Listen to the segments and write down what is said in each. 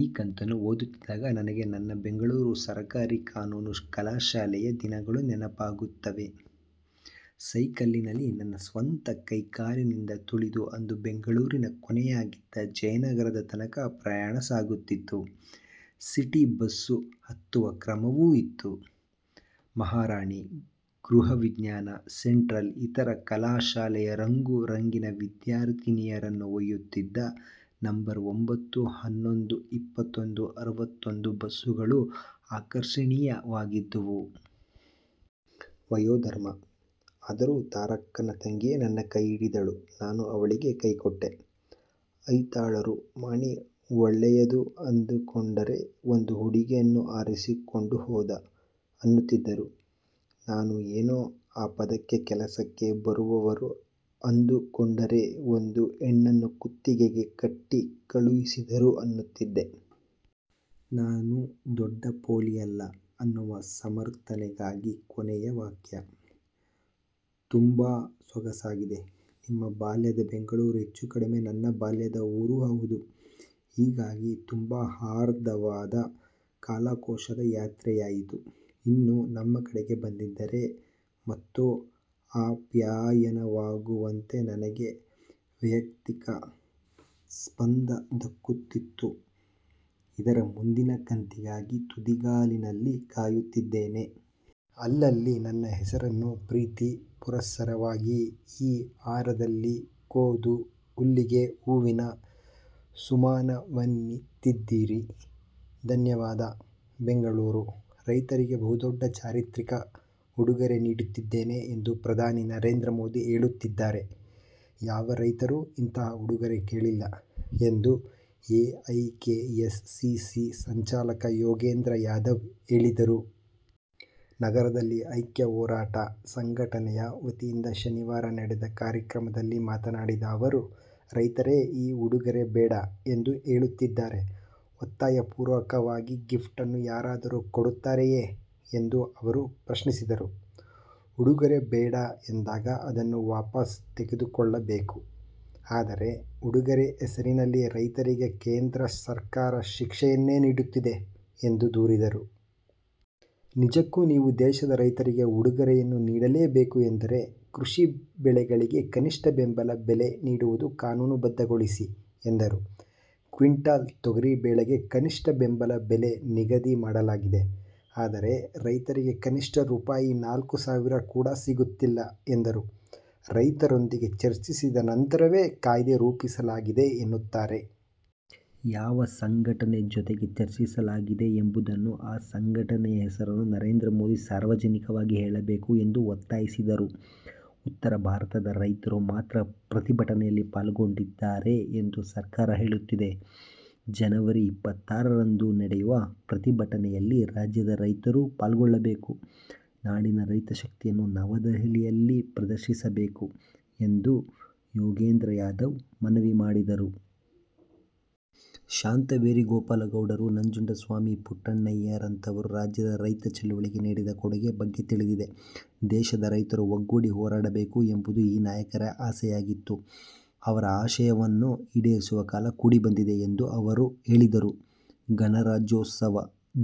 ಈ ಕಂತನ್ನು ಓದುತ್ತಿದ್ದಾಗ ನನಗೆ ನನ್ನ ಬೆಂಗಳೂರು ಸರಕಾರಿ ಕಾನೂನು ಕಲಾಶಾಲೆಯ ದಿನಗಳು ನೆನಪಾಗುತ್ತವೆ. ಸೈಕಲ್ಲಿನಲ್ಲಿ ನನ್ನ ಸ್ವಂತ ಕೈಕಾಲಿನಿಂದ ತುಳಿದು ಅಂದು ಬೆಂಗಳೂರಿನ ಕೊನೆಯಾಗಿದ್ದ ಜಯನಗರದ ತನಕ ಪ್ರಯಾಣ ಸಾಗುತ್ತಿತ್ತು. ಸಿಟಿ ಬಸ್ಸು ಹತ್ತುವ ಕ್ರಮವೂ ಇತ್ತು. ಮಹಾರಾಣಿ, ಗೃಹವಿಜ್ನಾನ, ಸೆಂಟ್ರಲ್ ಇತರ ಕಲಾಶಾಲೆಯ ರಂಗು ರಂಗಿನ ವಿದ್ಯಾರ್ಥಿನಿಯರನ್ನು ಒಯ್ಯುತ್ತಿದ್ದ ನಂಬರ್ ಒಂಭತ್ತು, ಹನ್ನೊಂದು, ಇಪ್ಪತ್ತೊಂದು, ಅರವತ್ತೊಂದು ಬಸ್ಸುಗಳು ಆಕರ್ಷಣೀಯವಾಗಿದ್ದುವು. ವಯೋ ಧರ್ಮ. ಆದರೂ ತಾರಕ್ಕನ ತಂಗಿಯೆ ನನ್ನ ಕೈಹಿಡಿದಳು ನಾನು ಅವಳಿಗೆ ಕೈ ಕೊಟ್ಟೆ. ಐತಾಳರು "ಮಾಣಿ ಒಳ್ಲೆಯದು ಅಂದು ಕೊಂಡರೆ ಒಂದು ಹುಡುಗಿಯನ್ನು ಹಾರಿಸಿ ಕೊಂಡು ಹೋದ" ಅನ್ನುತ್ತಿದ್ದರು. ನಾನು "ಏನೋ ಆಪದಕ್ಕೆ ಕೆಲಸಕ್ಕೆ ಬರುವವರು ಅಂದು ಕೊಂಡರೆ ಒಂದು ಹೆಣ್ಣನ್ನು ಕುತ್ತಿಗೆಗೆ ಕಟ್ಟಿ ಕಳುಹಿಸಿದರು ಅನ್ನುತ್ತಿದ್ದೆ. ನಾನು ದೊಡ್ಡ ಪೊಲಿಯಲ್ಲ ಅನ್ನುವ ಸಮರ್ಥನೆಗಾಗಿ, ಕೊನೆಯ ವಾಕ್ಯ. ತುಂಬ ಸೊಗಸಾಗಿದೆ. ನಿಮ್ಮ ಬಾಲ್ಯದ ಬೆಂಗಳೂರು ಹೆಚ್ಚು ಕಡಿಮೆ ನನ್ನ ಬಾಲ್ಯದ ಊರೂ ಹೌದು. ಹೀಗಾಗಿ ತುಂಬ ಹಾರ್ದವಾದ ಕಾಲಕೋಶದ ಯಾತ್ರೆಯಾಯಿತು. ಇನ್ನೂ ನಮ್ಮ ಕಡೆಗೆ ಬಂದಿದ್ದರೆ ಮತ್ತೂ ಆಪ್ಯಾಯನವಾಗುವಂತೆ ನನಗೆ ವೈಯಕ್ತಿಕಸ್ಪಂದ ದಕ್ಕುತ್ತಿತ್ತುಇದರ ಮುಂದಿನ ಕಂತಿಗಾಗಿ ತುದಿಗಾಲಿನಲ್ಲಿ ಕಾಯುತ್ತಿದ್ದೇನೆ. ಅಲ್ಲಲ್ಲಿ ನನ್ನ ಹೆಸರನ್ನೂ ಪ್ರೀತಿ ಪುರಸ್ಸರವಾಗಿ ಈ ಹಾರದಲ್ಲಿ ಕೋದು ಹುಲ್ಲಿಗೆ ಹೂವಿನ ಸುಮ್ಮಾನವನ್ನಿತ್ತಿದ್ದೀರಿ; ಧನ್ಯವಾದ. ಬೆಂಗಳೂರು: 'ರೈತರಿಗೆ ಬಹುದೊಡ್ಡ ಚಾರಿತ್ರಿಕ ಉಡುಗೊರೆ ನೀಡುತ್ತಿದ್ದೇನೆ ಎಂದು ಪ್ರಧಾನಿ ನರೇಂದ್ರ ಮೋದಿ ಹೇಳುತ್ತಿದ್ದಾರೆ. ಯಾವ ರೈತರೂ ಇಂತಹ ಉಡುಗೊರೆ ಕೇಳಿಲ್ಲ' ಎಂದು ಎಐಕೆಎಸ್ ಸಿಸಿ ಸಂಚಾಲಕ ಯೋಗೇಂದ್ರ ಯಾದವ್ ಹೇಳಿದರು. ನಗರದಲ್ಲಿ 'ಐಕ್ಯ ಹೋರಾಟ' ಸಂಘಟನೆಯ ವತಿಯಿಂದ ಶನಿವಾರ ನಡೆದ ಕಾರ್ಯಕ್ರಮದಲ್ಲಿ ಮಾತನಾಡಿದ ಅವರು, 'ರೈತರೇ ಈ ಉಡುಗೊರೆ ಬೇಡ ಎಂದು ಹೇಳುತ್ತಿದ್ದಾರೆ. ಒತ್ತಾಯಪೂರ್ವಕವಾಗಿ ಗಿಫ್ಟ್ ಅನ್ನು ಯಾರಾದರೂ ಕೊಡುತ್ತಾರೆಯೇ' ಎಂದು ಅವರು ಪ್ರಶ್ನಿಸಿದರು. 'ಉಡುಗೊರೆ ಬೇಡ ಎಂದಾಗ ಅದನ್ನು ವಾಪಸ್ ತೆಗೆದುಕೊಳ್ಳಬೇಕು. ಆದರೆ, ಉಡುಗೊರೆ ಹೆಸರಲ್ಲಿ ರೈತರಿಗೆ ಕೇಂದ್ರ ಸರ್ಕಾರ ಶಿಕ್ಷೆಯನ್ನೇ ನೀಡುತ್ತಿದೆ' ಎಂದು ದೂರಿದರು. 'ನಿಜಕ್ಕೂ ನೀವು ದೇಶದ ರೈತರಿಗೆ ಉಡುಗೊರೆಯನ್ನು ನೀಡಲೇಬೇಕು ಎಂದರೆ ಕೃಷಿ ಬೆಳೆಗಳಿಗೆ ಕನಿಷ್ಠ ಬೆಂಬಲ ಬೆಲೆ ನೀಡುವುದು ಕಾನೂನು ಬದ್ಧಗೊಳಿಸಿ' ಎಂದರು. ಕ್ವಿಂಟಲ್ ತೊಗರಿಬೇಳೆಗೆ ಕನಿಷ್ಠ ಬೆಂಬಲ ಬೆಲೆ ನಿಗದಿ ಮಾಡಲಾಗಿದೆ. ಆದರೆ, ರೈತರಿಗೆ ಕನಿಷ್ಠ ರೂಪಾಯಿ ನಾಲ್ಕು ಸಾವಿರ ಕೂಡ ಸಿಗುತ್ತಿಲ್ಲ' ಎಂದರು. 'ರೈತರೊಂದಿಗೆ ಚರ್ಚಿಸಿದ ನಂತರವೇ ಕಾಯ್ದೆ ರೂಪಿಸಲಾಗಿದೆ ಎನ್ನುತ್ತಾರೆ. ಯಾವ ಸಂಘಟನೆ ಜೊತೆಗೆ ಚರ್ಚಿಸಲಾಗಿದೆ ಎಂಬುದನ್ನು, ಆ ಸಂಘಟನೆಯ ಹೆಸರನ್ನು ನರೇಂದ್ರ ಮೋದಿ ಸಾರ್ವಜನಿಕವಾಗಿ ಹೇಳಬೇಕು' ಎಂದು ಒತ್ತಾಯಿಸಿದರು. 'ಉತ್ತರ ಭಾರತದ ರೈತರು ಮಾತ್ರ ಪ್ರತಿಭಟನೆಯಲ್ಲಿ ಪಾಲ್ಗೊಂಡಿದ್ದಾರೆ ಎಂದು ಸರ್ಕಾರ ಹೇಳುತ್ತಿದೆ. ಜನವರಿ ಇಪ್ಪತ್ತಾರರಂದು ನಡೆಯುವ ಪ್ರತಿಭಟನೆಯಲ್ಲಿ ರಾಜ್ಯದ ರೈತರೂ ಪಾಲ್ಗೊಳ್ಳಬೇಕು. ನಾಡಿನ ರೈತ ಶಕ್ತಿಯನ್ನು ನವದೆಹಲಿಯಲ್ಲಿ ಪ್ರದರ್ಶಿಸಬೇಕು' ಎಂದು ಯೋಗೇಂದ್ರ ಯಾದವ್ ಮನವಿ ಮಾಡಿದರು. 'ಶಾಂತವೇರಿ ಗೋಪಾಲಗೌಡರು, ನಂಜುಂಡಸ್ವಾಮಿ, ಪುಟ್ಟಣ್ಣಯ್ಯರಂಥವರು ರಾಜ್ಯದ ರೈತ ಚಳವಳಿಗೆ ನೀಡಿದ ಕೊಡುಗೆ ಬಗ್ಗೆ ತಿಳಿದಿದೆ. ದೇಶದ ರೈತರು ಒಗ್ಗೂಡಿ ಹೋರಾಡಬೇಕು ಎಂಬುದು ಈ ನಾಯಕರ ಆಸೆಯಾಗಿತ್ತು. ಅವರ ಆಶಯವನ್ನು ಈಡೇರಿಸುವ ಕಾಲ ಕೂಡಿ ಬಂದಿದೆ' ಎಂದೂ ಅವರು ಹೇಳಿದರು. 'ಗಣರಾಜ್ಯೋತ್ಸವ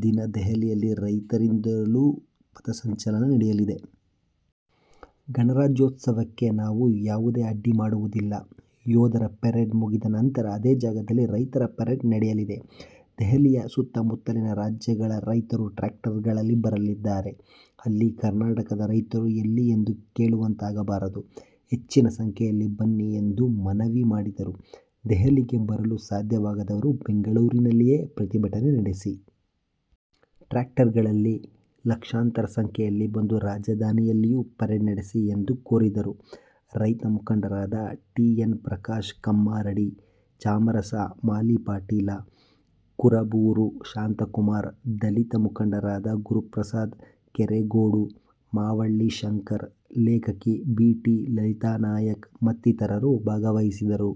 ದಿನ ದೆಹಲಿಯಲ್ಲಿ ರೈತರಿಂದಲೂ ಪಥಸಂಚಲನ ನಡೆಯಲಿದೆ. ಗಣರಾಜ್ಯೋತ್ಸವಕ್ಕೆ ನಾವು ಯಾವುದೇ ಅಡ್ಡಿ ಮಾಡುವುದಿಲ್ಲ. ಯೋಧರ ಪರೇಡ್ ಮುಗಿದ ನಂತರ, ಅದೇ ಜಾಗದಲ್ಲಿ ರೈತರ ಪರೇಡ್ ನಡೆಯಲಿದೆ. ದೆಹಲಿಯ ಸುತ್ತ–ಮುತ್ತಲಿನ ರಾಜ್ಯಗಳ ರೈತರು ಟ್ರ್ಯಾಕ್ಟರ್ಗಳಲ್ಲಿ ಬರಲಿದ್ದಾರೆ. ಅಲ್ಲಿ ಕರ್ನಾಟಕದ ರೈತರು ಎಲ್ಲಿ ಎಂದು ಕೇಳುವಂತಾಗಬಾರದು. ಹೆಚ್ಚಿನ ಸಂಖ್ಯೆಯಲ್ಲಿ ಬನ್ನಿ' ಎಂದು ಮನವಿ ಮಾಡಿದರು. 'ದೆಹಲಿಗೆ ಬರಲು ಸಾಧ್ಯವಾಗದವರು ಬೆಂಗಳೂರಿನಲ್ಲಿಯೇ ಪ್ರತಿಭಟನೆ ನಡೆಸಿ. ಟ್ರ್ಯಾಕ್ಟರ್ಗಳಲ್ಲಿ ಲಕ್ಷಾಂತರ ಸಂಖ್ಯೆಯಲ್ಲಿ ಬಂದು ರಾಜಧಾನಿಯಲ್ಲಿಯೂ ಪರೇಡ್ ನಡೆಸಿ' ಎಂದು ಕೋರಿದರು. ರೈತ ಮುಖಂಡರಾದ ಟಿ. ಎನ್. ಪ್ರಕಾಶ್ ಕಮ್ಮರಡಿ, ಚಾಮರಸ ಮಾಲಿಪಾಟೀಲ, ಕುರಬೂರು ಶಾಂತಕುಮಾರ್, ದಲಿತ ಮುಖಂಡರಾದ ಗುರುಪ್ರಸಾದ್ ಕೆರೆಗೋಡು, ಮಾವಳ್ಳಿ ಶಂಕರ್, ಲೇಖಕಿ ಬಿ. ಟಿ. ಲಲಿತಾ ನಾಯಕ್ ಮತ್ತಿತರರು ಭಾಗವಹಿಸಿದರು.